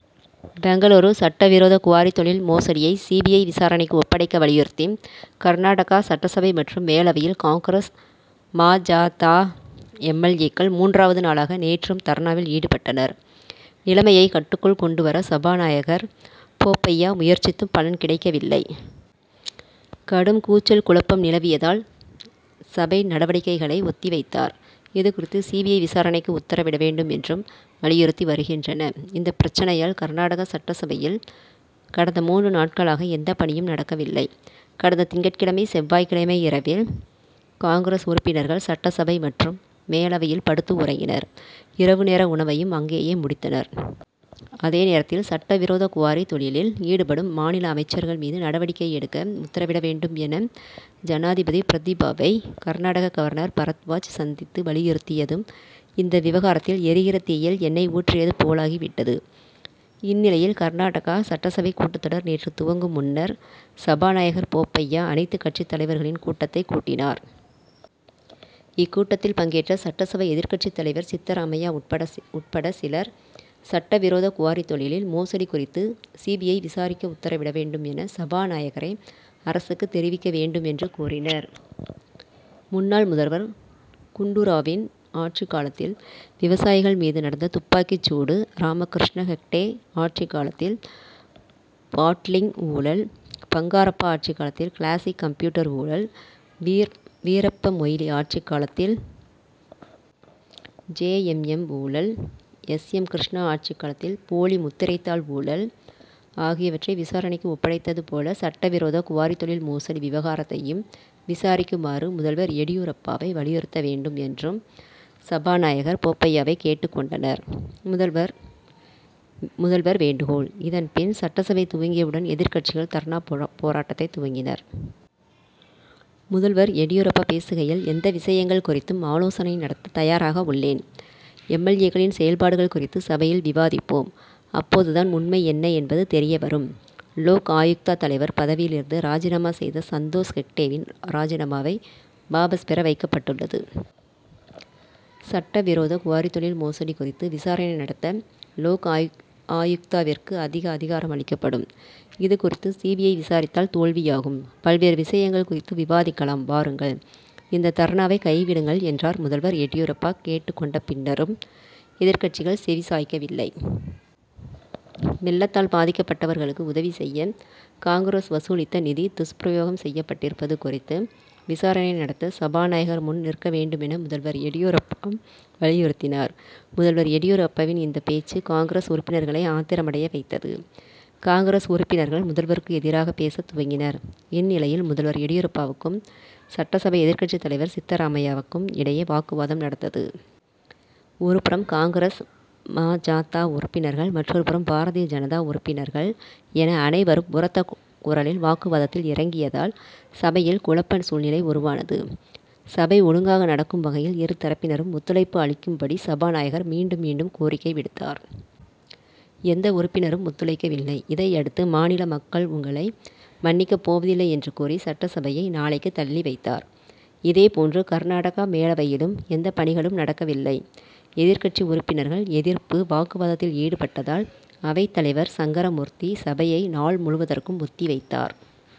பெங்களூரு சட்ட விரோத குவாரி தொழில் மோசடியை சி. பி. ஐ., விசாரணைக்கு ஒப்படைக்க வலியுறுத்தி, கர்நாடகா சட்டசபை மற்றும் மேலவையில் காங்கிரஸ், ம. ஜ. த., எம். எல். ஏ.,க்கள் மூன்றாவது நாளாக நேற்றும் தர்ணாவில் ஈடுபட்டனர். நிலைமையை கட்டுக்குள் கொண்டு வர சபாநாயகர் போப்பய்யா முயற்சித்தும் பலன் கிடைக்கவில்லை. கடும் கூச்சல், குழப்பம் நிலவியதால், சபை நடவடிக்கைகளை ஒத்தி வைத்தார். இது குறித்து சி. பி. ஐ., விசாரணைக்கு உத்தரவிட வேண்டும் என்றும் வலியுறுத்தி வருகின்றன. இந்தப் பிரச்னையால், கர்நாடகா சட்டசபையில் கடந்த மூன்று நாட்களாக எந்த பணியும் நடக்கவில்லை. கடந்த திங்கட்கிழமை, செவ்வாய் கிழமை இரவில் காங்கிரஸ் உறுப்பினர்கள், சட்டசபை மற்றும் மேலவையில் படுத்து உறங்கினர்; இரவு நேர உணவையும் அங்கேயே முடித்தனர். அதே நேரத்தில், சட்ட விரோத குவாரி தொழிலில் ஈடுபடும் மாநில அமைச்சர்கள் மீது நடவடிக்கை எடுக்க உத்தரவிட வேண்டும் என, ஜனாதிபதி பிரதிபாவை கர்நாடக கவர்னர் பரத்வாஜ் சந்தித்து வலியுறுத்தியதும், இந்த விவகாரத்தில் எரிகிற தீயில் எண்ணெய் ஊற்றியது போலாகிவிட்டது. இந்நிலையில், கர்நாடகா சட்டசபை கூட்டத்தொடர் நேற்று துவங்கும் முன்னர் சபாநாயகர் போப்பய்யா, அனைத்து கட்சித் தலைவர்களின் கூட்டத்தைக் கூட்டினார். இக்கூட்டத்தில் பங்கேற்ற சட்டசபை எதிர்க்கட்சித் தலைவர் சித்தராமையா உட்பட சிலர், சட்ட விரோத குவாரி தொழில் மோசடி குறித்து சி. பி. ஐ., விசாரிக்க உத்தரவிட வேண்டும் என, சபாநாயகரே அரசுக்கு தெரிவிக்க வேண்டும் என்று கோரினர். முன்னாள் முதல்வர் குண்டு ராவின் ஆட்சிக் காலத்தில் விவசாயிகள் மீது நடந்த துப்பாக்கிச் சூடு, ராமகிருஷ்ண ஹெக்டே ஆட்சிக் காலத்தில் பாட்டிலிங் ஊழல், பங்காரப்பா ஆட்சிக் காலத்தில் கிளாசிக் கம்ப்யூட்டர் ஊழல், வீரப்ப மொய்லி ஆட்சிக் காலத்தில் ஜெ.எம். எம்., ஊழல், எஸ். எம். கிருஷ்ணா ஆட்சிக் காலத்தில் போலி முத்திரைத்தாள் ஊழல் ஆகியவற்றை விசாரணைக்கு ஒப்படைத்தது போல, சட்ட விரோத குவாரி தொழில் மோசடி விவகாரத்தையும் விசாரிக்குமாறு முதல்வர் எடியூரப்பாவை வற்புறுத்த வேண்டும் என்றும் சபாநாயகர் போப்பய்யாவை கேட்டுக் கொண்டனர். முதல்வர் வேண்டுகோள் இதன் பின், சட்டசபை துவங்கியவுடன் எதிர்க்கட்சிகள் தர்ணா போராட்டத்தை துவக்கினர். முதல்வர் எடியூரப்பா பேசுகையில், எந்த விஷயங்கள் குறித்தும் ஆலோசனை நடத்த தயாராக உள்ளேன். எம். எல். ஏ.,க்களின் செயல்பாடுகள் குறித்து சபையில் விவாதிப்போம்; அப்போது தான் உண்மை என்ன என்பது தெரியவரும். லோக் ஆயுக்தா தலைவர் பதவியிலிருந்து ராஜினாமா செய்த சந்தோஷ் ஹெக்டேவின் ராஜினாமாவை வாபஸ் பெற வைக்கப்பட்டுள்ளது. சட்ட விரோத குவாரி தொழில் மோசடி குறித்து விசாரணை நடத்த, லோக் ஆயுக்தாவிற்கு அதிக அதிகாரம் அளிக்கப்படும். இது குறித்து சி. பி. ஐ., விசாரித்தால் தோல்வியாகும். பல்வேறு விஷயங்கள் குறித்து விவாதிக்கலாம் வாருங்கள்; இந்த தர்ணாவை கைவிடுங்கள், என்றார். முதல்வர் எடியூரப்பா கேட்டுக் கொண்ட பின்னரும், எதிர்க்கட்சிகள் செவி சாய்க்கவில்லை. வெள்ளத்தால் பாதிக்கப்பட்டவர்களுக்கு உதவி செய்ய காங்கிரஸ் வசூலித்த நிதி துஷ்பிரயோகம் செய்யப்பட்டிருப்பது குறித்து விசாரணை நடத்த, சபாநாயகர் முன் நிற்க வேண்டுமென முதல்வர் எடியூரப்பா வலியுறுத்தினார். முதல்வர் எடியூரப்பாவின் இந்த பேச்சு, காங்கிரஸ் உறுப்பினர்களை ஆத்திரமடையவைத்தது. காங்கிரஸ் உறுப்பினர்கள், முதல்வருக்கு எதிராக பேசத் துவங்கினர். இந்நிலையில், முதல்வர் எடியூரப்பாவுக்கும், சட்டசபை எதிர்க்கட்சித் தலைவர் சித்தராமையாவுக்கும் இடையே வாக்குவாதம் நடந்தது. ஒரு புறம் காங்கிரஸ், ம. ஜ. த., உறுப்பினர்கள், மற்றொரு புறம் பாரதிய ஜனதா உறுப்பினர்கள் என அனைவரும் உரத்த குரலில் வாக்குவாதத்தில் இறங்கியதால், சபையில் குழப்ப சூழ்நிலை உருவானது. சபை ஒழுங்காக நடக்கும் வகையில் இரு தரப்பினரும் ஒத்துழைப்பு அளிக்கும்படி சபாநாயகர் மீண்டும் மீண்டும் கோரிக்கை விடுத்தார். எந்த உறுப்பினரும் ஒத்துழைக்கவில்லை. இதையடுத்து, மாநில மக்கள் உங்களை மன்னிக்கப் போவதில்லை என்று கூறி, சட்டசபையை நாளைக்கு தள்ளி வைத்தார். இதே போன்று கர்நாடகா மேலவையிலும் எந்த பணிகளும் நடக்கவில்லை. எதிர்க்கட்சி உறுப்பினர்கள் எதிர்ப்பு, வாக்குவாதத்தில் ஈடுபட்டதால் அவைத் தலைவர் சங்கரமூர்த்தி, சபையை நாள் முழுவதற்கும் ஒத்தி வைத்தார்.